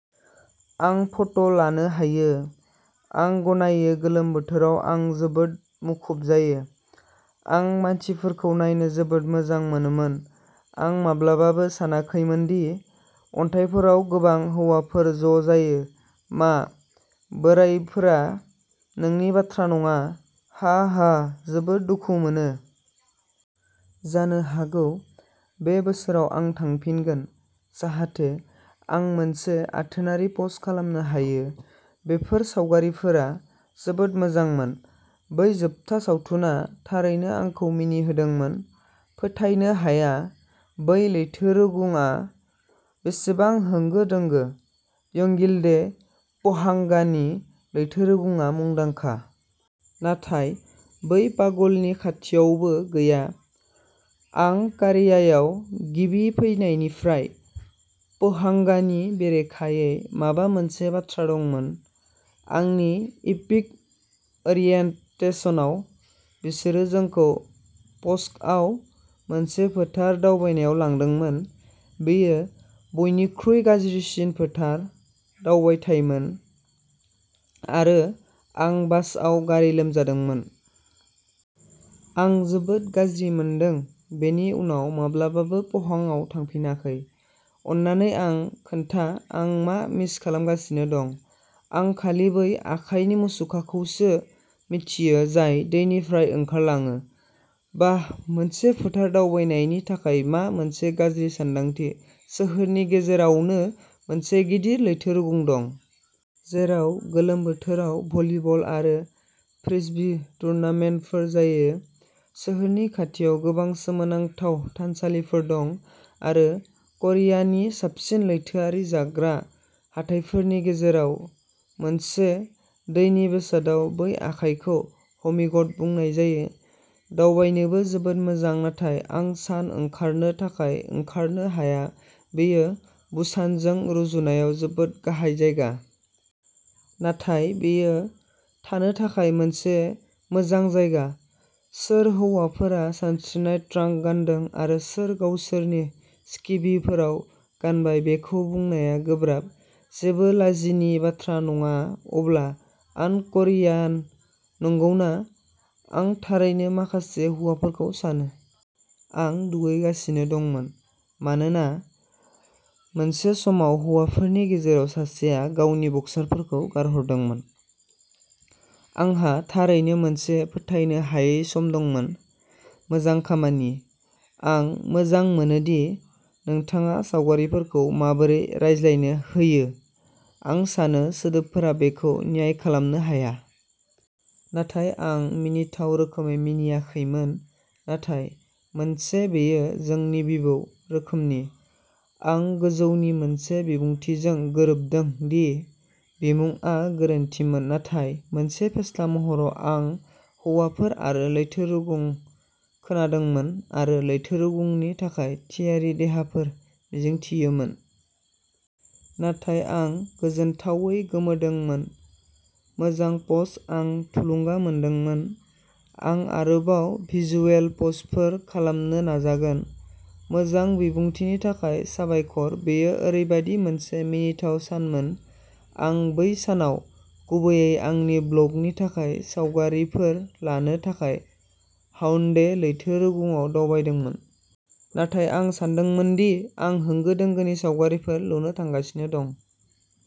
आं फट'लानो हायो। आं गनायो गोलोम बोथोराव आं जोबोद मुखुब जायो। आं मानसिफोरखौ नायनो जोबोद मोजां मोनोमोन। आं माब्लाबाबो सानाखैमोन दि अन्थाइफोराव गोबां हौवाफोर ज'जायो। मा? बोराइफोरा नोंनि बाथ्रा नङा? हाहा जोबोद दुखु मोनो! जानो हागौ बे बोसोराव आं थांफिनगोन जाहाथे आं मोनसे आथोनारि पस्ट खालामनो हायो। बेफोर सावगारिफोरा जोबोद मोजांमोन। बै जोबथा सावथुना थारैनो आंखौ मिनिहोदोंमोन। फोथायनो हाया बै लैथो रुगुंआ बेसेबां होंगो दोंगो। योंगिल्डे पोहांगनि लैथो रुगुंआ मुंदांखा। नाथाय बै पागलनि खाथियावबो गैया। आं कारियायाव गिबि फैनायनिफ्राय पोहांगनि बेरेखायै माबा मोनसे बाथ्रा दंमोन। आंनि इपिक ओरियेनटेसनाव बिसोरो जोंखौ पस्क'आव मोनसे फोथार दावबायनायाव लांदोंमोन। बेयो बयनिख्रुइ गाज्रिसिन फोथार दावबायथायमोन आरो आं बासआव गारि लोमजादोंमोन। आं जोबोद गाज्रि मोनदों। बेनि उनाव माब्लाबाबो पहांआव थांफिनाखै। अननानै आं खोन्था आं मा मिस खालामगासिनो दं। आं खालि बै आखाइनि मुसुखाखौसो मिथियो जाय दैनिफ्राय ओंखारलाङो। बाह मोनसे फोथार दावबायनायनि थाखाय मा मोनसे गाज्रि सानदांथि सोहोरनि गेजेरआवनो मोनसे गिदिर लैथो रुगुं दं। जेराव गोलोम बोथोराव भलिबल आरो फ्रिस्बी टुर्नामेन्टफोर जायो। सोहोरनि खाथियाव गोबां सोमोनांथाव थानसालिफोर दं आरो करियानि साबसिन लैथोआरि जाग्रा हाथाइफोरनि गेजेराव मोनसे दैनि बेसादाव बै आखाइखौ हमिग'ट बुंनाय जायो। दावबायनोबो जोबोद मोजां नाथाय आं सान ओंखारनो थाखाय ओंखारनो हाया बेयो बुसानजों रुजुनायाव जोबोद गाहाय जायगा। नाथाय बेयो थानो थाखाय मोनसे मोजां जायगा। सोर हौवाफोरा सानस्रिनाय ट्रांक गान्दों आरो सोर गावसोरनि स्किभिफोराव गानबाय बेखौ बुंनाया गोब्राब। जेबो लाजिनि बाथ्रा नङा अब्ला आन क'रियान। नंगौना? आं थारैनो माखासे हौवाफोरखौ सानो। आं दुगैगासिनो दंमोन मानोना मोनसे समाव हौवाफोरनि गेजेराव सासेआ गावनि बक्सारफोरखौ गारहरदोंमोन। आंहा थारैनो मोनसे फोथायनो हायै सम दंमोन। मोजां खामानि! आं मोजां मोनो दि नोंथाङा सावगारिफोरखौ माबोरै रायज्लायनो होयो। आं सानो सोदोबफोरा बेखौ न्याय खालामनो हाया। नाथाय आं मिनिथाव रोखोमै मिनिाखैमोन। नाथाय मोनसे बेयो जोंनि बिबौ रोखोमनि। आं गोजौनि मोनसे बिबुंथिजों गोरोबदों दि बिमुंआ गोरोन्थिमोन नाथाय मोनसे फेस्ला महराव। आं हौवाफोर आरो लैथो रुगुं खोनादोंमोन आरो लैथो रुगुंनि थाखाय थियारि देहाफोर मिजिंथियोमोन। नाथाय आं गोजोनथावै? गोमोदोंमोन। मोजां पस्ट। आं थुलुंगा मोन्दोंमोन। आं आरोबाव भिजुएल पस्टफोर खालामनो नाजागोन। मोजां बिबुंथिनि थाखाय साबायखर। बेयो ओरैबायदि मोनसे मिनिथाव सानमोन। आं बै सानाव गुबैयै आंनि ब्लगनि थाखाय सावगारिफोर लानो थाखाय हाउन्डे लैथो रुगुंआव दावबायदोंमोन। नाथाय आं सानदोंमोन दि आं होंगो दोंगोनि सावगारिफोर लुनो थांगासिनो दं।